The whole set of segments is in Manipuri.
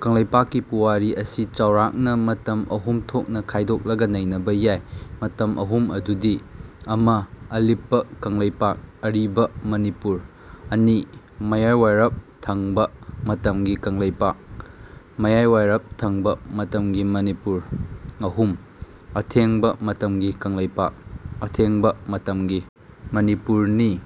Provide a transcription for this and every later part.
ꯀꯪꯂꯩꯄꯥꯛꯀꯤ ꯄꯨꯋꯥꯔꯤ ꯑꯁꯤ ꯆꯥꯎꯔꯥꯛꯅ ꯃꯇꯝ ꯑꯍꯨꯝ ꯊꯣꯛꯅ ꯈꯥꯢꯗꯣꯛꯂꯒ ꯅꯩꯅꯕ ꯌꯥꯢ꯫ ꯃꯇꯝ ꯑꯍꯨꯝ ꯑꯗꯨꯗꯤ: ꯑꯃ) ꯑꯂꯤꯄ ꯀꯪꯂꯩꯄꯥꯛ (ꯑꯔꯤꯕ ꯃꯅꯤꯄꯨꯔ) ꯑꯅꯤ) ꯃꯌꯥꯢꯋꯥꯢꯔꯞ ꯊꯪꯕ ꯃꯇꯝꯒꯤ ꯀꯪꯂꯩꯄꯥꯛ (ꯃꯌꯥꯢꯋꯥꯢꯔꯞ ꯊꯪꯕ ꯃꯇꯝꯒꯤ ꯃꯅꯤꯄꯨꯔ) ꯑꯍꯨꯝ) ꯑꯊꯦꯡꯕ ꯃꯇꯝꯒꯤ ꯀꯪꯂꯩꯄꯥꯛ (ꯑꯊꯦꯡꯕ ꯃꯇꯝꯒꯤ ꯃꯅꯤꯄꯨꯔ)ꯅꯤ꯫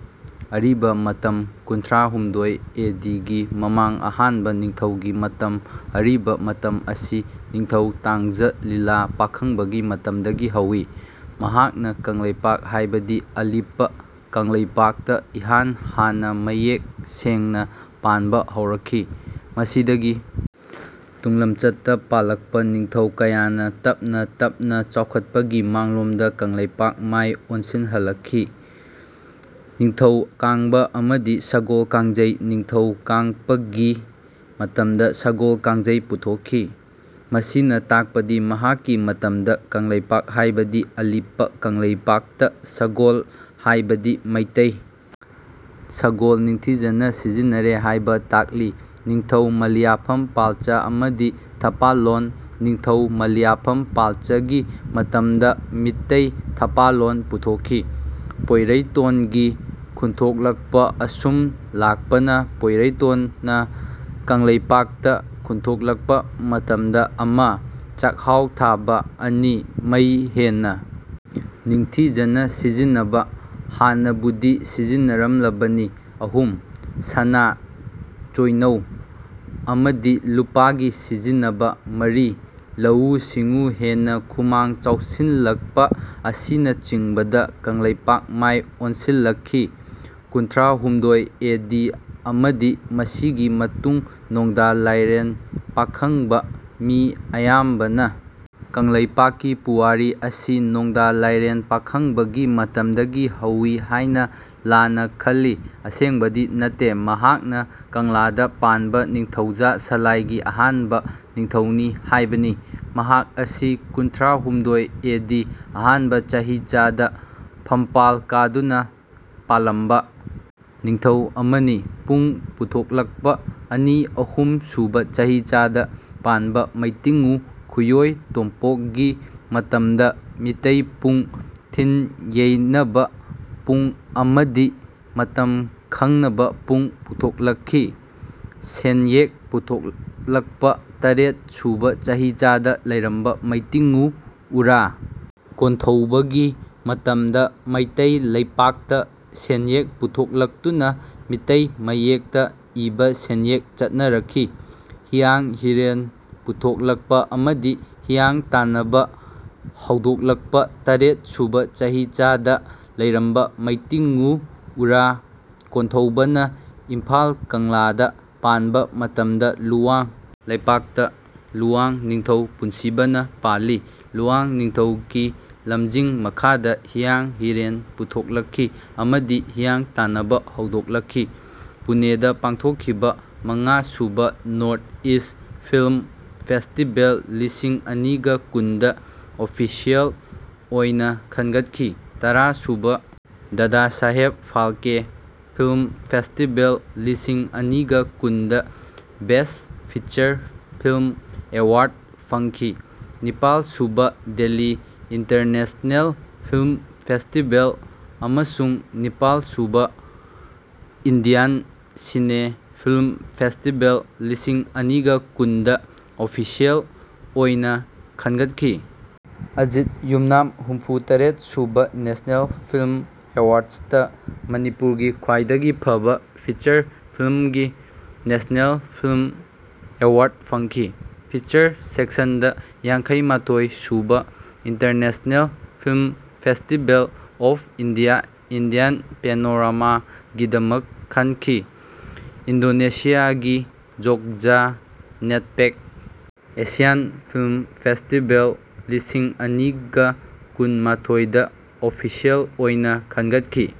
ꯑꯔꯤꯕ ꯃꯇꯝ ꯀꯨꯟꯊ꯭ꯔꯥ ꯍꯨꯝꯗꯣꯏ ꯑꯦ ꯗꯤ ꯒꯤ ꯃꯃꯥꯡ ꯑꯍꯥꯟꯕ ꯅꯤꯡꯊꯧꯒꯤ ꯃꯇꯝ ꯑꯔꯤꯕ ꯃꯇꯝ ꯑꯁꯤ ꯅꯤꯡꯊꯧ ꯇꯥꯡꯖ ꯂꯤꯂ ꯄꯥꯈꯪꯕꯒꯤ ꯃꯇꯝꯗꯒꯤ ꯍꯧꯏ꯫ ꯃꯍꯥꯛꯅ ꯀꯪꯂꯩꯄꯥꯛ ꯍꯥꯢꯕꯗꯤ ꯑꯂꯤꯄ ꯀꯪꯂꯩꯄꯥꯛꯇ ꯏꯍꯥꯟ ꯍꯥꯟꯅ ꯃꯌꯦꯛ ꯁꯦꯡꯅ ꯄꯥꯟꯕ ꯍꯧꯔꯛꯈꯤ꯫ ꯃꯁꯤꯗꯒꯤ ꯇꯨꯡꯂꯝꯆꯠꯇ ꯄꯥꯜꯂꯛꯄ ꯅꯤꯡꯊꯧ ꯀꯌꯥꯅ ꯇꯞꯅ ꯇꯞꯅ ꯆꯥꯎꯈꯠꯄꯒꯤ ꯃꯥꯡꯂꯣꯝꯗ ꯀꯪꯂꯩꯄꯥꯛ ꯃꯥꯢ ꯑꯣꯟꯁꯤꯜꯍꯟꯂꯛꯈꯤ꯫ ꯅꯤꯡꯊꯧ ꯀꯥꯡꯕ ꯑꯃꯗꯤ ꯁꯒꯣꯜ ꯀꯥꯡꯖꯩ ꯅꯤꯡꯊꯧ ꯀꯥꯡꯄꯒꯤ ꯃꯇꯝꯗ ꯁꯒꯣꯜ ꯀꯥꯡꯖꯩ ꯄꯨꯊꯣꯛꯈꯤ꯫ ꯃꯁꯤꯅ ꯇꯥꯛꯄꯗꯤ ꯃꯍꯥꯛꯀꯤ ꯃꯇꯝꯗ ꯀꯪꯂꯩꯄꯥꯛ ꯍꯥꯢꯕꯗꯤ ꯑꯂꯤꯄ ꯀꯪꯂꯩꯄꯥꯛꯇ ꯁꯒꯣꯜ ꯍꯥꯢꯕꯗꯤ ꯃꯩꯇꯩ ꯁꯒꯣꯜ ꯅꯤꯡꯊꯤꯖꯅ ꯁꯤꯖꯤꯟꯅꯔꯦ ꯍꯥꯢꯕ ꯇꯥꯛꯂꯤ꯫ ꯅꯤꯡꯊꯧ ꯃꯂꯤꯌꯥꯐꯝ ꯄꯥꯜꯆꯥ ꯑꯃꯗꯤ ꯊꯥꯄꯥꯂꯣꯟ ꯅꯤꯡꯊꯧ ꯃꯂꯤꯌꯥꯐꯝ ꯄꯥꯜꯆꯥꯒꯤ ꯃꯇꯝꯗ ꯃꯤꯇꯩ ꯊꯄꯥꯂꯣꯟ ꯄꯨꯊꯣꯛꯈꯤ꯫ ꯄꯣꯢꯔꯩꯇꯣꯟ ꯒꯤ ꯈꯨꯟꯊꯣꯛꯂꯛꯄ ꯑꯁꯨꯝ ꯂꯥꯛꯄꯅ ꯄꯣꯢꯔꯩꯇꯣꯟꯅ ꯀꯪꯂꯩꯄꯥꯛ ꯇ ꯈꯨꯟꯊꯣꯛꯂꯛꯄ ꯃꯇꯝꯗ ꯑꯃ) ꯆꯥꯛꯍꯥꯎ ꯊꯥꯕ, ꯑꯅꯤ) ꯃꯩ ꯍꯦꯟꯅ ꯅꯤꯡꯊꯤꯖꯅ ꯁꯤꯖꯤꯟꯕ (ꯍꯥꯟꯅꯕꯨꯗꯤ ꯁꯤꯖꯤꯟꯅꯔꯝꯂꯕꯅꯤ), ꯑꯍꯨꯝ) ꯁꯅꯥ (ꯆꯣꯢꯅꯧ) ꯑꯃꯗꯤ ꯂꯨꯄꯥ ꯒꯤ ꯁꯤꯖꯤꯟꯅꯕ, ꯃꯔꯤ) ꯂꯧꯎ ꯁꯤꯡꯎ ꯍꯦꯟꯅ ꯈꯨꯃꯥꯡ ꯆꯥꯎꯁꯤꯟꯂꯛꯄ ꯑꯁꯤꯅꯆꯤꯡꯕꯗ ꯀꯪꯂꯩꯄꯥꯛ ꯃꯥꯢ ꯑꯣꯟꯁꯤꯜꯂꯛꯈꯤ꯫ ꯀꯨꯟꯊ꯭ꯔꯥ ꯍꯨꯝꯗꯣꯏ ꯑꯦ ꯗꯤ ꯑꯃꯗꯤ ꯃꯁꯤꯒꯤ ꯃꯇꯨꯡ ꯅꯣꯡꯗꯥ ꯂꯥꯢꯔꯦꯟ ꯄꯥꯈꯪꯕ ꯃꯤ ꯑꯌꯥꯝꯕꯅ ꯀꯪꯂꯩꯄꯥꯛꯀꯤ ꯄꯨꯋꯥꯔꯤ ꯑꯁꯤ ꯅꯣꯡꯗꯥ ꯂꯥꯢꯔꯦꯟ ꯄꯥꯈꯪꯕꯒꯤ ꯃꯇꯝꯗꯒꯤ ꯍꯧꯏ ꯍꯥꯢꯅ ꯂꯥꯟꯅ ꯈꯜꯂꯤ꯫ ꯑꯁꯦꯡꯕꯗꯤ ꯅꯠꯇꯦ꯫ ꯃꯍꯥꯛꯅ ꯀꯪꯂꯥꯗ ꯄꯥꯟꯕ ꯅꯤꯡꯊꯧꯖꯥ ꯁꯂꯥꯢꯒꯤ ꯑꯍꯥꯟꯕ ꯅꯤꯡꯊꯧꯅꯤ ꯍꯥꯢꯕꯅꯤ꯫ ꯃꯍꯥꯛ ꯑꯁꯤ ꯀꯨꯟꯊ꯭ꯔꯥ ꯍꯨꯝꯗꯣꯏ ꯑꯦ ꯗꯤ (ꯑꯍꯥꯟꯕ ꯆꯍꯤꯆꯥ) ꯗ ꯐꯝꯄꯥꯜ ꯀꯥꯗꯨꯅ ꯄꯥꯂꯝꯕ ꯅꯤꯡꯊꯧ ꯑꯃꯅꯤ꯫ ꯄꯨꯡ ꯄꯨꯊꯣꯛꯂꯛꯄ ꯑꯅꯤ - ꯑꯍꯨꯝ ꯁꯨꯕ ꯆꯍꯤꯆꯥ ꯗ ꯄꯥꯟꯕ ꯃꯩꯇꯤꯡꯉꯨ ꯈꯨꯌꯣꯢ ꯇꯣꯝꯄꯣꯛꯒꯤ ꯃꯇꯝꯗ ꯃꯤꯇꯩ ꯄꯨꯡ (ꯊꯤꯟ-ꯌꯦꯢꯅꯕ ꯄꯨꯡ ꯑꯃꯗꯤ ꯃꯇꯝ ꯈꯪꯅꯕ ꯄꯨꯡ) ꯄꯨꯊꯣꯛꯂꯛꯈꯤ꯫ ꯁꯦꯟꯌꯦꯛ ꯄꯨꯊꯣꯛꯂꯛꯄ ꯇꯔꯦꯠ ꯁꯨꯕ ꯆꯍꯤꯆꯥ ꯗ ꯂꯩꯔꯝꯕ ꯃꯩꯇꯤꯡꯉꯨ ꯎꯔꯥ ꯀꯣꯟꯊꯧꯕ ꯒꯤ ꯃꯇꯝꯗ ꯃꯩꯇꯩ ꯂꯩꯄꯥꯛꯇ ꯁꯦꯟꯌꯦꯛ ꯄꯨꯊꯣꯛꯂꯛꯇꯨꯅ ꯃꯤꯇꯩ ꯃꯌꯦꯛꯇ ꯏꯕ ꯁꯦꯟꯌꯦꯛ ꯆꯠꯅꯔꯛꯈꯤ꯫ ꯍꯤꯌꯥꯡ ꯍꯤꯔꯦꯟ ꯄꯨꯊꯣꯛꯂꯛꯄ ꯑꯃꯗꯤ ꯍꯤꯌꯥꯡ ꯇꯥꯟꯅꯕ ꯍꯧꯗꯣꯛꯂꯛꯄ ꯇꯔꯦꯠ ꯁꯨꯕ ꯆꯍꯤꯆꯥ ꯗ ꯂꯩꯔꯝꯕ ꯃꯩꯇꯤꯡꯉꯨ ꯎꯔꯥ ꯀꯣꯟꯊꯧꯕ ꯅ ꯏꯝꯐꯥꯜ ꯀꯪꯂꯥꯗ ꯄꯥꯟꯕ ꯃꯇꯝꯗ ꯂꯨꯋꯥ ꯂꯩꯄꯥꯛꯇ ꯂꯨꯋꯥꯡ ꯅꯤꯡꯊꯧ ꯄꯨꯟꯁꯤꯕ ꯅ ꯄꯥꯜꯂꯤ꯫ ꯂꯨꯋꯥꯡ ꯅꯤꯡꯊꯧ ꯀꯤ ꯂꯝꯖꯤꯡ ꯃꯈꯥꯗ ꯍꯤꯌꯥꯡ ꯍꯤꯔꯦꯟ ꯄꯨꯊꯣꯛꯂꯛꯈꯤ ꯑꯃꯗꯤ ꯍꯤꯌꯥꯡ ꯇꯥꯟꯅꯕ ꯍꯧꯗꯣꯛꯂꯛꯈꯤ꯫ ꯄꯨꯅꯦꯗ ꯄꯥꯡꯊꯣꯛꯈꯤꯕ ꯃꯉꯥ ꯁꯨꯕ ꯅꯣꯔ꯭ꯊ-ꯏꯁ꯭ꯠ ꯐꯤꯜꯝ ꯐꯦꯁꯇꯤꯚꯦꯜ ꯂꯤꯁꯤꯡ ꯑꯅꯤꯒ ꯀꯨꯟꯗ ꯑꯣꯐꯤꯁ꯭ꯌꯦꯜ ꯑꯣꯏꯅ ꯈꯟꯒꯠꯈꯤ꯫ ꯇꯔꯥ ꯁꯨꯕ ꯗꯥꯗꯥ ꯁꯥꯍꯦꯕ ꯐꯥꯜꯀꯦ ꯐꯤꯂꯝ ꯐꯦꯁꯇꯤꯚꯦꯜ ꯂꯤꯁꯤꯡ ꯑꯅꯤꯒ ꯀꯨꯟꯗ ꯕꯦꯁ꯭ꯠ ꯐꯤꯆꯔ ꯐꯤꯂꯝ ꯑꯦꯋꯥꯔ꯭ꯗ ꯐꯪꯈꯤ꯫ ꯅꯤꯄꯥꯜ ꯁꯨꯕ ꯗꯦꯜꯂꯤ ꯏꯟꯇꯔꯅꯦꯁꯅꯦꯜ ꯐꯤꯂꯝ ꯐꯦꯁꯇꯤꯚꯦꯜ ꯑꯃꯁꯨꯡ ꯅꯤꯄꯥꯜ ꯁꯨꯕ ꯏꯟꯗꯤꯌꯟ ꯁꯤꯅꯦ ꯐꯤꯂꯝ ꯐꯦꯁꯇꯤꯚꯦꯜ ꯂꯤꯁꯤꯡ ꯑꯅꯤꯒ ꯀꯨꯟ ꯗ ꯑꯣꯐꯤꯁꯤꯌꯦꯜ ꯑꯣꯏꯅ ꯈꯟꯒꯠꯈꯤ꯫ ꯑꯖꯤꯠ ꯌꯨꯝꯅꯥꯝ ꯍꯨꯝꯐꯨ ꯇꯔꯦꯠ ꯁꯨꯕ ꯅꯦꯁꯅꯦꯜ ꯐꯤꯂꯝ ꯑꯦꯋꯥꯔ꯭ꯗꯁꯇ ꯃꯅꯤꯄꯨꯔꯒꯤ ꯈ꯭ꯋꯥꯏꯗꯒꯤ ꯐꯕ ꯐꯤꯆꯔ ꯐꯤꯜꯝꯒꯤ ꯅꯦꯁꯅꯦꯜ ꯐꯤꯂꯝ ꯑꯦꯋꯥꯔ꯭ꯗ ꯐꯪꯈꯤ꯫ ꯐꯤꯆꯔ ꯁꯦꯛꯁꯟꯗ ꯌꯥꯡꯈꯩ ꯃꯥꯊꯣꯏ ꯁꯨꯕ international film festival of India (Indian panorama) ꯒꯤꯗꯃꯛ ꯈꯟꯈꯤ꯫ ꯏꯟꯗꯣꯅꯦꯁꯤꯌꯥꯒꯤ ꯖꯣꯒꯖꯥ-ꯅꯦꯠꯄꯦꯛ ꯑꯦꯁꯤꯌꯥꯟ ꯐꯤꯂꯝ ꯐꯦꯁꯇꯤꯚꯜ ꯂꯤꯁꯤꯡ ꯑꯅꯤꯒ ꯀꯨꯟ ꯃꯥꯊꯣꯏꯗ ꯑꯣꯐꯤꯁꯤꯌꯦꯜ ꯑꯣꯏꯅ ꯈꯟꯒꯠꯈꯤ꯫